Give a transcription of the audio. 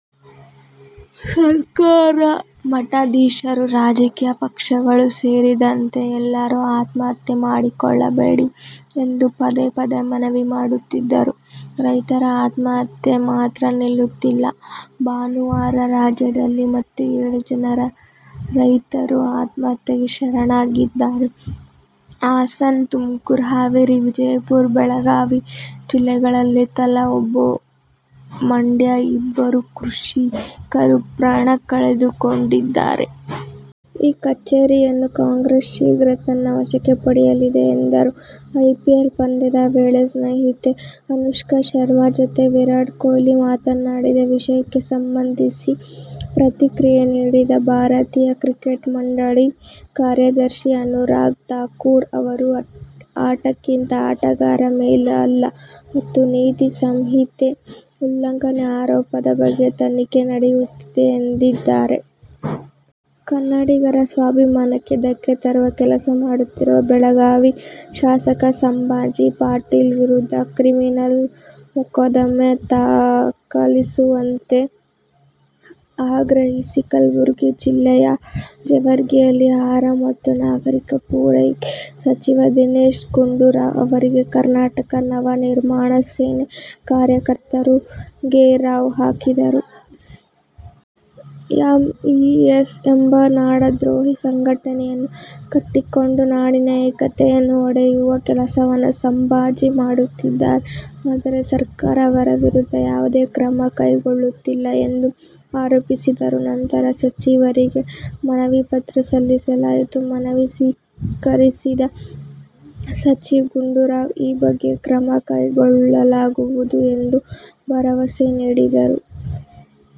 ಸರ್ಕಾರ, ಮಠಾಧೀಶರು, ರಾಜಕೀಯ ಪಕ್ಷಗಳು ಸೇರಿದಂತೆ ಎಲ್ಲರೂ ಆತ್ಮಹತ್ಯೆ ಮಾಡಿಕೊಳ್ಳಬೇಡಿ ಎಂದು ಪದೇ ಪದೇ ಮನವಿ ಮಾಡುತ್ತಿದ್ದರೂ ರೈತರ ಆತ್ಮಹತ್ಯೆ ಮಾತ್ರ ನಿಲ್ಲುತ್ತಿಲ್ಲ. ಭಾನುವಾರ ರಾಜ್ಯದಲ್ಲಿ ಮತ್ತೆ ಏಳು ಜನ ರೈತರು ಆತ್ಮಹತ್ಯೆಗೆ ಶರಣಾಗಿದ್ದಾರೆ. ಹಾಸನ, ತುಮಕೂರು, ಹಾವೇರಿ, ವಿಜಯಪುರ, ಬೆಳಗಾವಿ ಜಿಲ್ಲೆಗಳಲ್ಲಿ ತಲಾ ಒಬ್ಬ, ಮಂಡ್ಯ ಇಬ್ಬರು ಕೃಷಿಕರು ಪ್ರಾಣ ಕಳೆದುಕೊಂಡಿದ್ದಾರೆ. ಈ ಕಚೇರಿಯನ್ನೂ ಕಾಂಗ್ರೆಸ್ ಶೀಘ್ರ ತನ್ನ ವಶಕ್ಕೆ ಪಡೆಯಲಿದೆ ಎಂದರು. ಐಪಿಎಲ್ ಪಂದ್ಯದ ವೇಳೆ ಸ್ನೇಹಿತೆ ಅನುಷ್ಕಾ ಶರ್ಮ ಜತೆ ವಿರಾಟ್ ಕೊಹ್ಲಿ ಮಾತನಾಡಿದ ವಿಷಯಕ್ಕೆ ಸಂಬಂಧಿಸಿ ಪ್ರತಿಕ್ರಿಯೆ ನೀಡಿದ ಭಾರತೀಯ ಕ್ರಿಕೆಟ್ ಮಂಡಳಿ ಕಾರ್ಯದರ್ಶಿ ಅನುರಾಗ್ ಥಾಕುರ್ ಅವರು ಆಟಕ್ಕಿಂತ ಆಟಗಾರ ಮೇಲು ಅಲ್ಲ ಮತ್ತು ನೀತಿ ಸಂಹಿತೆ ಉಲ್ಲಂಘನೆ ಆರೋಪದ ಬಗ್ಗೆ ತನಿಖೆ ನಡೆಯುತ್ತಿದೆ ಎಂದಿದ್ದಾರೆ. ಕನ್ನಡಿಗರ ಸ್ವಾಭಿಮಾನಕ್ಕೆ ಧಕ್ಕೆ ತರುವ ಕೆಲಸ ಮಾಡುತ್ತಿರುವ ಬೆಳಗಾವಿ ಶಾಸಕ ಸಂಭಾಜಿ ಪಾಟೀಲ ವಿರುದ್ಧ ಕ್ರಿಮಿನಲ್ ಮೊಕದ್ದಮೆ ದಾಖಲಿಸುವಂತೆ ಆಗ್ರಹಿಸಿ ಕಲಬುರಗಿ ಜಿಲ್ಲೆಯ ಜೇವರ್ಗಿಯಲ್ಲಿ ಆಹಾರ ಮತ್ತು ನಾಗರಿಕ ಪೂರೈಕೆ ಸಚಿವ ದಿನೇಶ ಗುಂಡೂರಾವ್ ಅವರಿಗೆ ಕರ್ನಾಟಕ ನವ ನಿರ್ಮಾಣ ಸೇನೆ ಕಾರ್ಯಕರ್ತರು ಘೇರಾವ್ ಹಾಕಿದರು. ಎಂಇಎಸ್ ಎಂಬ ನಾಡದ್ರೋಹಿ ಸಂಘಟನೆಯನ್ನು ಕಟ್ಟಿಕೊಂಡು ನಾಡಿನ ಏಕತೆಯನ್ನು ಒಡೆಯುವ ಕೆಲಸವನ್ನು ಸಂಭಾಜಿ ಮಾಡುತ್ತಿದ್ದಾರೆ. ಆದರೆ ಸರ್ಕಾರ ಅವರ ವಿರುದ್ಧ ಯಾವುದೇ ಕ್ರಮ ಕೈಗೊಳ್ಳುತ್ತಿಲ್ಲ ಎಂದು ಆರೋಪಿಸಿದರು. ನಂತರ ಸಚಿವರಿಗೆ ಮನವಿ ಪತ್ರ ಸಲ್ಲಿಸಲಾಯಿತು. ಮನವಿ ಸ್ವೀಕರಿಸಿದ ಸಚಿವ ಗುಂಡೂರಾವ್ ಈ ಬಗ್ಗೆ ಕ್ರಮ ಕೈಗೊಳ್ಳಲಾಗುವುದು ಎಂದು ಭರವಸೆ ನೀಡಿದರು.